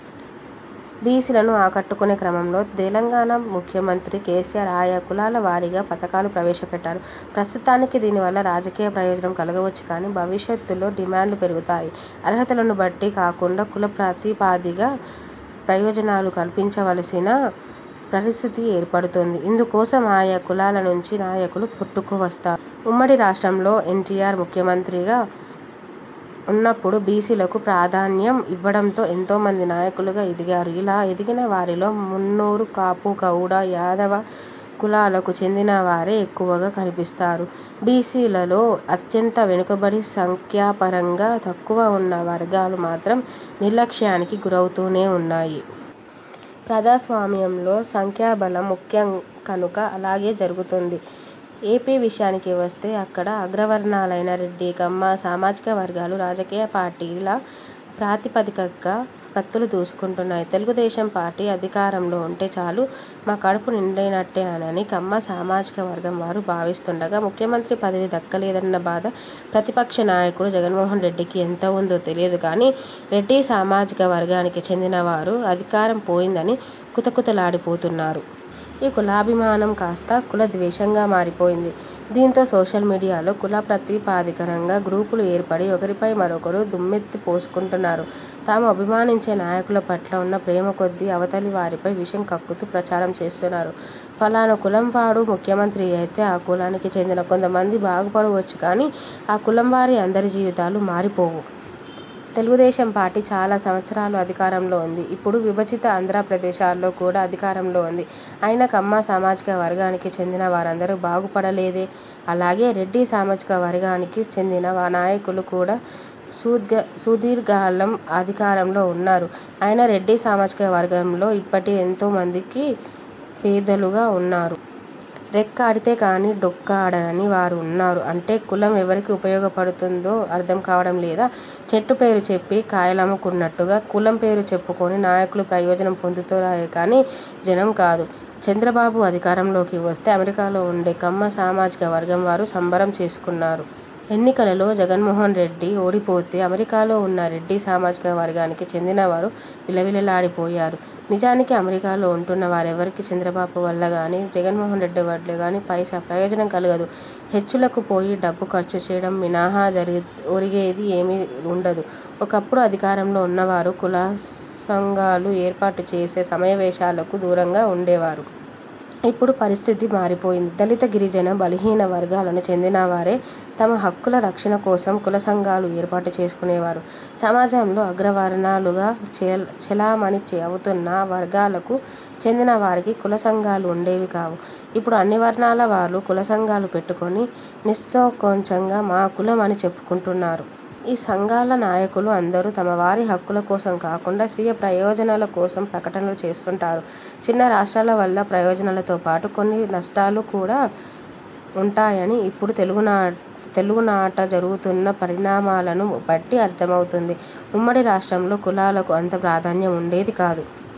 బీసీలను ఆకట్టుకునే క్రమంలో తెలంగాణ ముఖ్యమంత్రి కేసీఆర్ ఆయా కులాల వారీగా పథకాలు ప్రవేశపెట్టారు. ప్రస్తుతానికి దీనివల్ల రాజకీయ ప్రయోజనం కలగవచ్చుగానీ భవిష్యత్తులో డిమాండ్లు పెరుగుతాయి. అర్హతలను బట్టి కాకుండా కుల ప్రాతిపదికగా ప్రయోజనాలు కల్పించవలసిన పరిస్థితి ఏర్పడుతుంది. ఇందుకోసం ఆయా కులాల నుంచి నాయకులు పుట్టుకువస్తారు. ఉమ్మడి రాష్ట్రంలో ఎన్టీఆర్ ముఖ్యమంత్రిగా ఉన్నప్పుడు బీసీలకు ప్రాధాన్యం ఇవ్వడంతో ఎంతో మంది నాయకులుగా ఎదిగారు. ఇలా ఎదిగిన వారిలో మున్నూరు కాపు, గౌడ, యాదవ కులాలకు చెందినవారే ఎక్కువగా కనిపిస్తారు. బీసీలలో అత్యంత వెనుకబడి, సంఖ్యాపరంగా తక్కువ ఉన్న వర్గాలు మాత్రం నిర్లక్ష్యానికి గురవుతూనే ఉన్నాయి. ప్రజాస్వామ్యంలో సంఖ్యాబలం ముఖ్యం కనుక అలాగే జరుగుతుంది. ఏపీ విషయానికి వస్తే అక్కడ అగ్రవర్ణాలైన రెడ్డి, కమ్మ సామాజిక వర్గాలు రాజకీయ పార్టీల ప్రాతిపదికగా కత్తులు దూసుకుంటాయి. తెలుగుదేశం పార్టీ అధికారంలో ఉంటే చాలు- మా కడుపు నిండినట్టేనని కమ్మ సామాజిక వర్గం వారు భావిస్తుండగా, ముఖ్యమంత్రి పదవి దక్కలేదన్న బాధ ప్రతిపక్ష నాయకుడు జగన్మోహన్ రెడ్డికి ఎంత ఉందో తెలియదుగానీ రెడ్డి సామాజికవర్గానికి చెందిన వారు అధికారం పోయిందని కుతకుతలాడిపోతున్నారు. ఈ కులాభిమానం కాస్తా కులద్వేషంగా మారిపోయింది. దీంతో సోషల్ మీడియాలో కులప్రాతిపదికన గ్రూపులు ఏర్పడి ఒకరిపై మరొకరు దుమ్మెత్తి పోసుకుంటున్నారు. తాము అభిమానించే నాయకుల పట్ల ఉన్న ప్రేమకొద్దీ అవతలి వారిపై విషం కక్కుతూ ప్రచారం చేస్తున్నారు. ఫలానా కులంవాడు ముఖ్యమంత్రి అయితే ఆ కులానికి చెందిన కొంతమంది బాగుపడవచ్చునుగానీ, ఆ కులంవారి అందరి జీవితాలు మారిపోవు. తెలుగుదేశం పార్టీ చాలా సంవత్సరాలు అధికారంలో ఉంది. ఇప్పుడు విభజిత ఆంధ్రప్రదేశ్లో కూడా అధికారంలో ఉంది. అయినా కమ్మ సామాజిక వర్గానికి చెందిన వారందరూ బాగుపడలేదే? అలాగే రెడ్డి సామాజికవర్గానికి చెందిన నాయకులు కూడా సుదీర్ఘకాలం అధికారంలో ఉన్నారు. అయినా రెడ్డి సామాజికవర్గంలో ఇప్పటికీ ఎంతోమంది పేదలుగా ఉన్నారు. రెక్కాడితే కాని డొక్కాడని వారు ఉన్నారు. అంటే కులం ఎవరికి ఉపయోగపడుతుందో అర్థంకావడం లేదా? చెట్టు పేరు చెప్పి కాయలమ్ముకున్నట్టుగా కులం పేరు చెప్పుకొని నాయకులు ప్రయోజనం పొందుతారేకానీ జనం కాదు. చంద్రబాబు అధికారంలోకి వస్తే అమెరికాలో ఉండే కమ్మ సామాజిక వర్గంవారు సంబరం చేసుకున్నారు. ఎన్నికలలో జగన్మోహన్రెడ్డి ఓడిపోతే అమెరికాలో ఉన్న రెడ్డి సామాజికవర్గానికి చెందినవారు విలవిలలాడిపోయారు. నిజానికి అమెరికాలో ఉంటున్న వారెవ్వరికీ చంద్రబాబు వల్లగానీ, జగన్మోహన్రెడ్డి వల్లగానీ పైసా ప్రయోజనం కలగదు. హెచ్చులకు పోయి డబ్బు ఖర్చుచేయడం మినహా ఒరిగేది ఏమీ ఉండదు. ఒకప్పుడు అధికారంలో ఉన్నవారు కులసంఘాలు ఏర్పాటు చేసే సమావేశాలకు దూరంగా ఉండేవారు. ఇప్పుడు పరిస్థితి మారిపోయింది. దళిత, గిరిజన, బలహీన వర్గాలకు చెందినవారే తమ హక్కుల రక్షణ కోసం కుల సంఘాలు ఏర్పాటు చేసుకునేవారు. సమాజంలో అగ్రవర్ణాలుగా చెలామణి అవుతున్న వర్గాలకు చెందిన వారికి కులసంఘాలు ఉండేవి కావు. ఇప్పుడు అన్ని వర్ణాల వారూ కులసంఘాలు పెట్టుకుని నిస్సంకోచంగా 'మా కులం' అని చెప్పుకొంటున్నారు. ఈ సంఘాల నాయకులు అందరూ తమవారి హక్కుల కోసం కాకుండా స్వీయ ప్రయోజనాల కోసం ప్రకటనలు చేస్తుంటారు. చిన్న రాష్ర్టాల వల్ల ప్రయోజనాలతోపాటు కొన్ని నష్టాలు కూడా ఉంటాయని ఇప్పుడు తెలుగునాట జరుగుతున్న పరిణామాలను బట్టి అర్థమవుతుంది. ఉమ్మడి రాష్ట్రంలో కులాలకు అంత ప్రాధాన్యం ఉండేది కాదు.